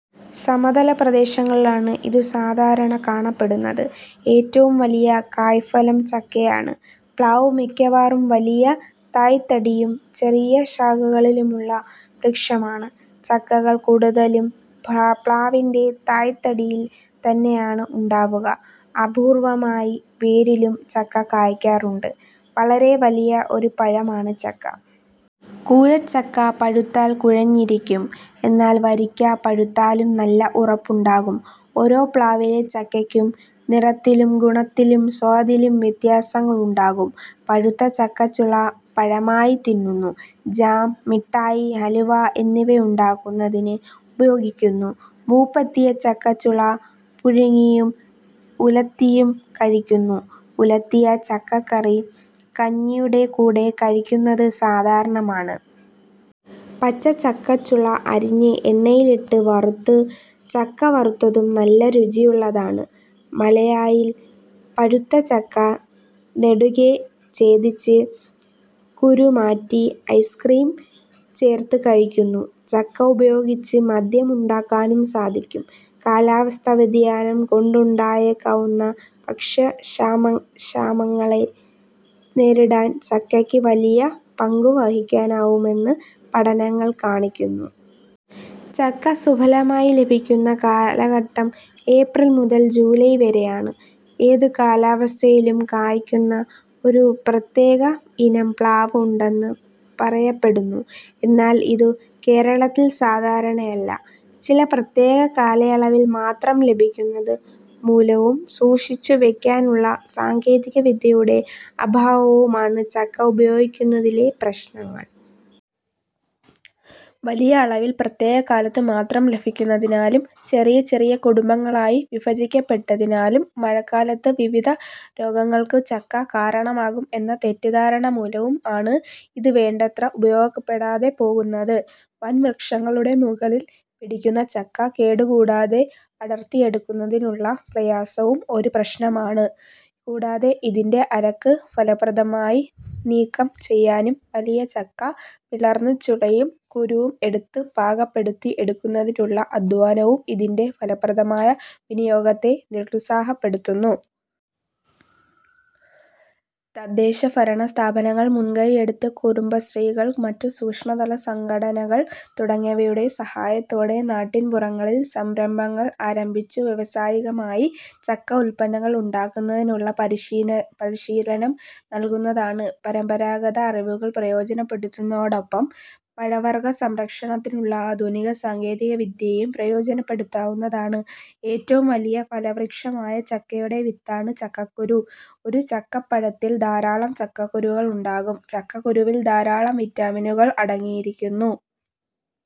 സമതല പ്രദേശങ്ങളിൽ ആണ് ഇതു സാധാരണ കാണപ്പെടുന്നത്. ഏറ്റവും വലിയ കായ്ഫലം ചക്കയാണ്. പ്ലാവ് മിക്കവാറും വലിയ തായ്ത്തടിയും ചെറിയ ശാഖകളുമുള്ള വൃക്ഷമാണ്. ചക്കകൾ കൂടുതലും പ്ലാവിന്റെ തായ്തടിയിൽ തന്നെയാണ് ഉണ്ടാവുക. അപൂർവ്വമായി വേരിലും ചക്ക കായ്ക്കാറുണ്ട്. വളരെ വലിയ ഒരു പഴം ആണ് ചക്ക. കൂഴ ചക്ക പഴുത്താൽ കുഴഞ്ഞിരിക്കും. എന്നാൽ വരിക്ക പഴുത്താലും നല്ല ഉറപ്പുണ്ടാകും. ഓരോ പ്ലാവിലെ ചക്കയ്ക്കും നിറത്തിലും ഗുണത്തിലും സ്വാദിലും വ്യത്യാസങ്ങൾ ഉണ്ടാകും. പഴുത്ത ചക്കച്ചുള പഴമായി തിന്നുന്നു. ജാം, മിഠായി, ഹലുവ എന്നിവയുണ്ടാക്കുന്നതിന് ഉപയോഗിക്കുന്നു. മൂപ്പെത്തിയ ചക്കച്ചുള പുഴുങ്ങിയും ഉലത്തിയും കഴിക്കുന്നു. ഉലത്തിയ ചക്കക്കറി കഞ്ഞിയുടെ കൂടെ കഴിക്കുന്നത് സാധാരണമാണ്. പച്ച ചക്കച്ചുള അരിഞ്ഞ് എണ്ണയിലിട്ട് വറുത്ത് ചക്കവറുത്തതും നല്ല രുചിയുള്ളതാണ്. മലയായിൽ പഴുത്ത ചക്ക നെടുകെ ഛേദിച്ച് കുരുമാറ്റി ഐസ്ക്രീം ചേർത്ത് കഴിക്കുന്നു. ചക്ക ഉപയോഗിച്ച് മദ്യം ഉണ്ടാക്കാനും സാധിക്കും. കാലാവസ്ഥാ വ്യതിയാനം കൊണ്ടുണ്ടായേക്കാവുന്ന ഭക്ഷ്യക്ഷാമങ്ങളെ നേരിടാൻ ചക്കയ്ക്ക് വലിയ ഒരു പങ്ക് വഹിക്കാനാവുമെന്ന് പഠനങ്ങൾ കാണിക്കുന്നു. ചക്ക സുലഭമായി ലഭിക്കുന്ന കാലഘട്ടം ഏപ്രിൽ മുതൽ ജൂലായ് വരെയാണ്. ഏതു കാലാവസ്ഥയിലും കായ്ക്കുന്ന ഒരു പ്രത്യേക ഇനം പ്ലാവ് ഉണ്ടെന്നു പറയപ്പെടുന്നു. എന്നാൽ ഇതു കേരളത്തിൽ സാധാരണയല്ല. ചില പ്രത്യേക കാലയളവിൽ മാത്രം ലഭിക്കുന്നതു മുലവും സൂക്ഷിച്ചു വെയ്ക്കാനുള്ള സാങ്കേതിക വിദ്യയുടെ അഭാവവും ആണ് ചക്ക ഉപയോഗിക്കുന്നതിലെ പ്രശ്നങ്ങൾ. വലിയ അളവിൽ പ്രത്യേക കാലത്തു മാത്രം ലഭിക്കുന്നതിനാലും, ചെറിയ ചെറിയ കുടുംബങ്ങളായി വിഭജിക്കപ്പെട്ടതിനാലും, മഴക്കാലത്തു വിവിധ രോഗങ്ങൾക്കു ചക്ക കാരണമാകും എന്ന തെറ്റിദ്ധാരണ മൂലവും ആണ് ഇത് വേണ്ടത്ര ഉപയോഗിക്കപ്പെടാതെ പോകുന്നത്. വൻ വൃക്ഷങ്ങളുടെ മുകളിൽ പിടിക്കുന്ന ചക്ക കേടു കൂടാതെ അടർത്തി എടുക്കുന്നതിനുള്ള പ്രയാസവും ഒരു പ്രശ്നമാണ് കൂടാതെ ഇതിന്റെ അരക്ക് ഫലപ്രദമായി നീക്കം ചെയ്യാനും വലിയ ചക്ക പിളർന്നു ചുളയും കുരുവും എടുത്ത് പാകപ്പെടുത്തി എടുക്കുന്നതിലുള്ള അധ്വാനവും ഇതിന്റെ ഫലപ്രദമായ വിനിയോഗത്തെ നിരുത്സാഹപ്പെടുത്തുന്നു. തദ്ദേശ ഭരണ സ്ഥാപനങ്ങൾ മുൻകൈ എടുത്ത് കുടുംബശ്രീകൾ, മറ്റു സൂക്ഷ്മതല സംഘടനകൾ തുടങ്ങിയവയുടെ സഹായത്തോടെ നാട്ടിൻ പുറങ്ങളിൽ സംരംഭങ്ങൾ ആരംഭിച്ചു വ്യാവസായികമായി ചക്കഉല്പന്നങ്ങൾ ഉണ്ടാക്കുന്നതിനുള്ള പരിശീലനം നല്കാവുന്നതാണ്. പരമ്പരാഗത അറിവുകൾ പ്രയോജനപ്പെടുത്തുന്നതോടൊപ്പം പഴവർഗ്ഗ സംരക്ഷണത്തിനുള്ള ആധുനിക സാങ്കേതിക വിദ്യകളും പ്രയോജനപ്പെടുത്താവുന്നതാണ്. ഏറ്റവും വലിയ ഫലവൃക്ഷമായ ചക്കയുടെ വിത്താണ് ചക്കക്കുരു. ഒരു ചക്കപ്പഴത്തിൽ ധാരാളം ചക്കകുരുക്കൾ ഉണ്ടാകും. ചക്കക്കുരുവിൽ ധാരാളം വിറ്റാമിനുകൾ അടങ്ങിയിരിക്കുന്നു.